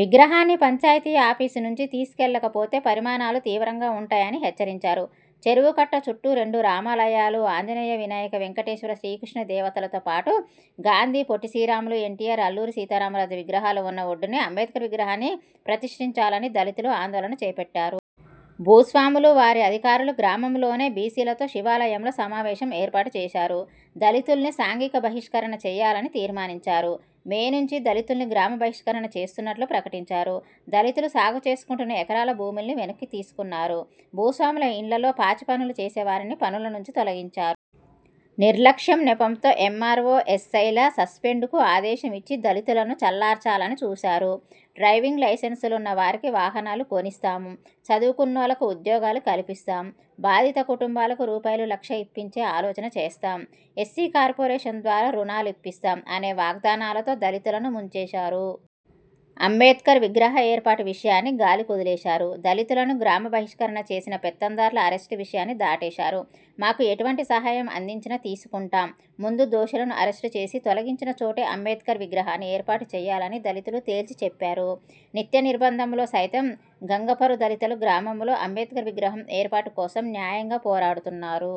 విగ్రహాన్ని పంచాయతీ ఆఫీసు నుంచి తీసుకెళ్ళకపోతే పరిమానాలు తీవ్రంగా ఉంటాయని హెచ్చరించారు. చెరువు కట్ట చుట్టూ రెండు రామాలయాలు, ఆంజనేయ, వినాయక, వెంకటేశ్వర, శ్రీకృష్ణ దేవతలతో పాటు గాంధీ, పొట్టిశ్రీరాములు, ఎన్టీఆర్, అల్లూరి సీతారామరాజు విగ్రహాలు వున్న ఒడ్డునే అంబేడ్కర్ విగ్రహాన్ని ప్రతిష్ఠించాలని దళితులు ఆందోళన చేపట్టారు. భూస్వాములు, వారి అధికారులు గ్రామంలోనే బీసీలతో శివాలయంలో సమావేశం ఏర్పాటు చేశారు. దళితుల్ని సాంఘిక బహిష్కరణ చేయాలని తీర్మానించారు. మే నుంచి దళితుల్ని గ్రామ బహిష్కరణ చేస్తున్నట్లు ప్రకటించారు. దళితులు సాగుచేసుకుంటున్న ఎకరాల భూముల్ని వెనక్కు తీసుకున్నారు. భూస్వాముల ఇండ్లలో పాచిపనులు చేసేవారిని పనుల నుంచి తొలగించారు. నిర్లక్ష్యం నెపంతో ఎమ్మార్వో, ఎస్ఐల సస్పెండ్కు ఆదేశం ఇచ్చి దళితులను చల్లార్చాలని చూశారు. డ్రైవింగ్ లైసెన్సులున్న వారికి వాహనాలు కొనిస్తాం, చదువుకున్నోళ్ళకు ఉద్యోగాలు కల్పిస్తాం, బాధిత కుటుంబాలకు రూ. లక్ష ఇప్పించే ఆలోచన చేస్తాం, ఎస్సీ కార్పొరేషన్ ద్వారా రుణాలిప్పిస్తాం అనే వాగ్దానాలతో దళితులను ముంచేశారు. అంబేడ్కర్ విగ్రహ ఏర్పాటు విషయాన్ని గాలికొదిలేశారు. దళితులను గ్రామబహిష్కరణ చేసిన పెత్తందార్ల అరెస్టు విషయాన్ని దాటేశారు. మాకు ఎటువంటి సహాయం అందించినా తీసుకుంటాం, ముందు దోషులను అరెస్టు చేసి, తొలగించిన చోటే అంబేడ్కర్ విగ్రహాన్ని ఏర్పాటుచేయాలని దళితులు తేల్చిచెప్పారు. నిత్యనిర్బంధంలో సైతం గంగపర్రుదళితులు గ్రామంలో అంబేడ్కర్ విగ్రహం ఏర్పాటు కోసం న్యాయంగా పోరాడుతున్నారు.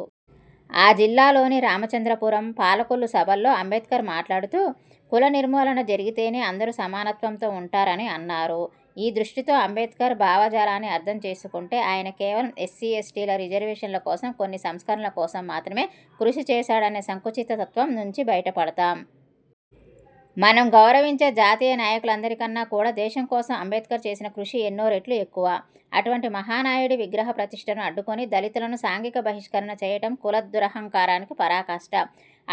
ఆ జిల్లాలోని రామచంద్రపురం, పాలకొల్లు సభల్లో అంబేడ్కర్ మాట్లాడుతూ కులనిర్మూలన జరిగితేనే అందరూ సమానత్వంతో ఉంటారని అన్నారు. ఈ దృష్టితో అంబేడ్కర్ భావజాలాన్ని అర్థం చేసుకుంటే ఆయన కేవలం ఎస్సీ, ఎస్టీల రిజర్వేషన్ల కోసం, కొన్ని సంస్కరణల కోసం మాత్రమే కృషి చేశాడనే సంకుచిత తత్వం నుంచి బయటపడతాం. మనం గౌరవించే జాతీయ నాయకులందరికన్నా కూడా దేశం కోసం అంబేడ్కర్ చేసిన కృషి ఎన్నో రెట్లు ఎక్కువ. అటువంటి మహనీయుడి విగ్రహ ప్రతిష్ఠను అడ్డుకొని దళితులను సాంఘిక బహిష్కరణ చేయటం కుల దురహంకారానికి పరాకాష్ట.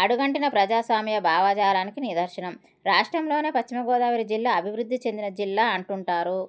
అడుగంటిన ప్రజాస్వామ్య భావజాలానికి నిదర్శనం. రాష్ట్రంలోనే పశ్చిమగోదావరి జిల్లా అభివృద్ధి చెందిన జిల్లా అంటుంటారు.